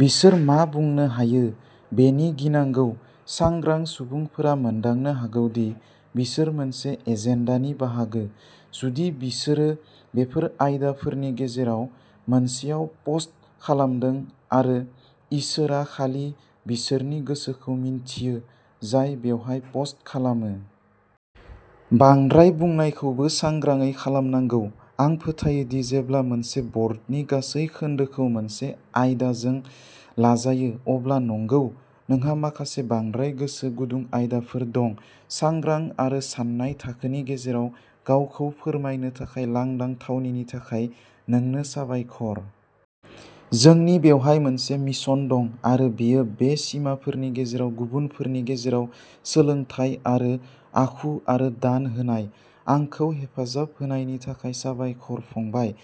बिसोर मा बुंनो हायो बेनि गिनांगौ, सांग्रां सुबुंफोरा मोनदांनो हागौ दि बिसोर मोनसे एजेन्डा नि बाहागो, जुदि बिसोरो बेफोर आयदाफोरनि गेजेराव मोनसेयाव पस्ट खालामदों आरो इसोरआ खालि बिसोरनि गोसोखौ मिन्थियो जाय बेवहाय पस्ट खालामो। बांद्राय बुंनायखौबो सांग्राङै खालामनांगौ। आं फोथायो दि जेब्ला मोनसे बर्डनि गासै खोन्दोखौ मोनसे आयदाजों लाजायो अब्ला नंगौ, नोंहा माखासे बांद्राय गोसो गुदुं आयदाफोर दं। सांग्रां आरो सान्नाय थाखोनि गेजेराव गावखौ फोरमायनो थाखाय लांदां थावनिनि थाखाय नोंनो साबायखर। जोंनि बेवहाय मोनसे मिशन दं आरो बेयो बे सिमाफोरनि गेजेराव गुबुनफोरनि गेजेराव सोलोंथाय आरो आखु आरो दान होनाय। आंखौ हेफाजाब होनायनि थाखाय साबायखर, फंबाय।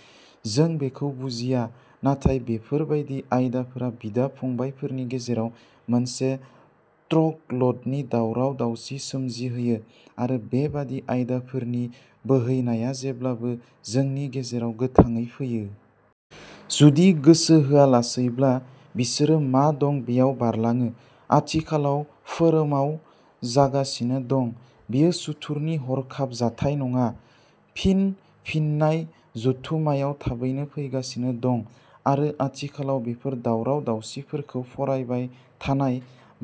जों बेखौ बुजिया, नाथाय बेफोर बायदि आयदाफोरा बिदा-फंबायफोरनि गेजेराव मोनसे ट्र'क ल'डनि दावराव-दावसि सोमजिहोयो, आरो बेबादि आयदाफोरनि बोहैनाया जेब्लाबो जोंनि गेजेराव गोथाङै फैयो। जुदि गोसो होआलासैब्ला, बिसोरो मा दं बेयाव बारलाङो। आथिखालाव फोरमआव जागासिनो दं। बेयो सुथुरनि हरखाब जाथाय नङा। फिनफिननाय जथुम्माया थाबैनो फैगासिनो दं, आरो आथिखालाव बेफोर दावराव-दावसिफोरखौ फरायबाय थानाय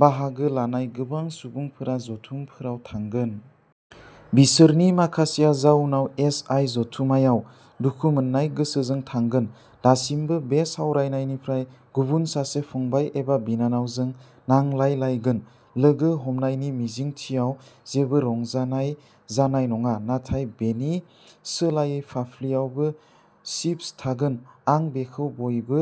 बाहागो लानाय गोबां सुबुंफोरा जथुमफोराव थांगोन। बिसोरनि माखासेया जाउनाव एस आइ जथुम्मायाव दुखु मोननाय गोसोजों थांगोन, दासिमबो बे सावरायनायनिफ्राय गुबुन सासे फंबाय एबा बिनानावजों नांलायलायलायगोन। लोगो हमनायनि मिजिंथियाव जेबो रंजानाय जानाय नङा, नाथाय बेनि सोलायै फाफ्लियावबो चिप्स थागोन। आं बेखौ बयबो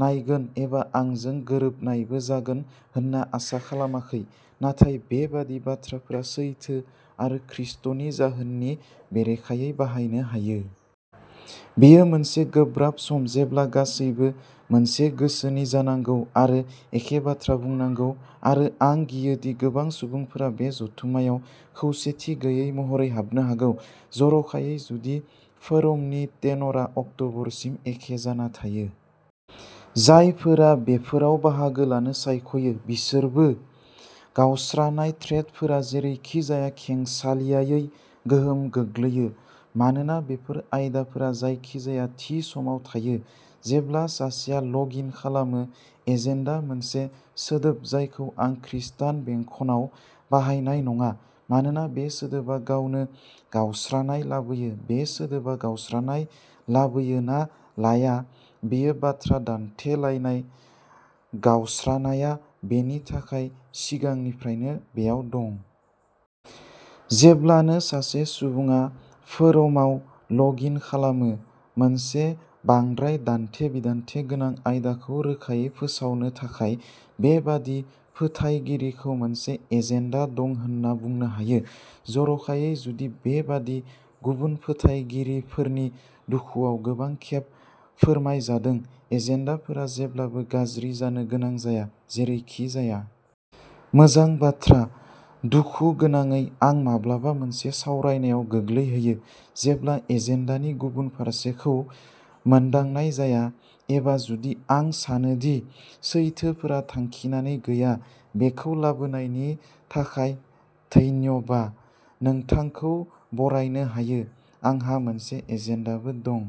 नायगोन, एबा आंजों गोरोबनायबो जागोन होनना आसा खालामाखै, नाथाय बेबादि बाथ्राफोरा सैथो आरो खृष्टनि जाहोननि बेरेखायै बाहायनो हायो। बेयो मोनसे गोब्राब सम जेब्ला गासैबो मोनसे गोसो नि जानांगौ आरो एखे बाथ्रा बुंनांगौ आरो आं गियो दि गोबां सुबुंफोरा बे जथुम्मायाव खौसेथि गैयै महरै हाबनो हागौ जर'खायै जुदि फोरमनि टेनरआ अक्टबरसिम एखे जाना थायो। जायफोरा बेफोरफोराव बाहागो लानो सायख'यो बिसोरबो। गावस्रानाय थ्रेडफोरा जेरैखिजाया खेंसालियायै गोहोम गोग्लैयो, मानोना बेफोर आयदाफोरा जायखिजाया थि समाव थायो, जेब्ला सासेया लग इन खालामो। एजेन्डा मोनसे सोदोब जायखौ आं खृष्टान बेंखनआव बाहायनाय नङा, मानोना बे सोदोबा गावनो गावस्रानाय लाबोयो, बे सोदोबा गावस्रानाय लाबोयो ना लाया, बेयो बाथ्रा दान्थेलायनाय गावस्रानायआ बेनि थाखाय सिगांनिफ्रायनो बेयाव दं। जेब्लानो सासे सुबुङा फोरमआव लग इन खालामो मोनसे बांद्राय दान्थे-बिदान्थे गोनां आयदाखौ रोखायै फोसावनो थाखाय बेबादि फोथायगिरिखौ मोनसे एजेन्डा दं होनना बुंनो हायो जर'खायै जुदि बेबादि गुबुन फोथायगिरिफोरनि दुखुआव गोबां खेब फोरमायजादों। एजेन्डाफोरा जेब्लाबो गाज्रि जानो गोनां जाया, जेरैखिजाया। मोजां बाथ्रा दुखुगोनाङै, आं माब्लाबा मोनसे सावरायनायाव गोग्लैहैयो जेब्ला एजेन्डानि गुबुन फारसेखौ मोनदांनाय जाया एबा जुदि आं सानो दि सैथोफोरा थांखिनानै गैया। बेखौ लाबोनायनि थाखाय धन्यबा नोंथांखौ बरायनो हायो। आंहा मोनसे एजेन्डाबो दं।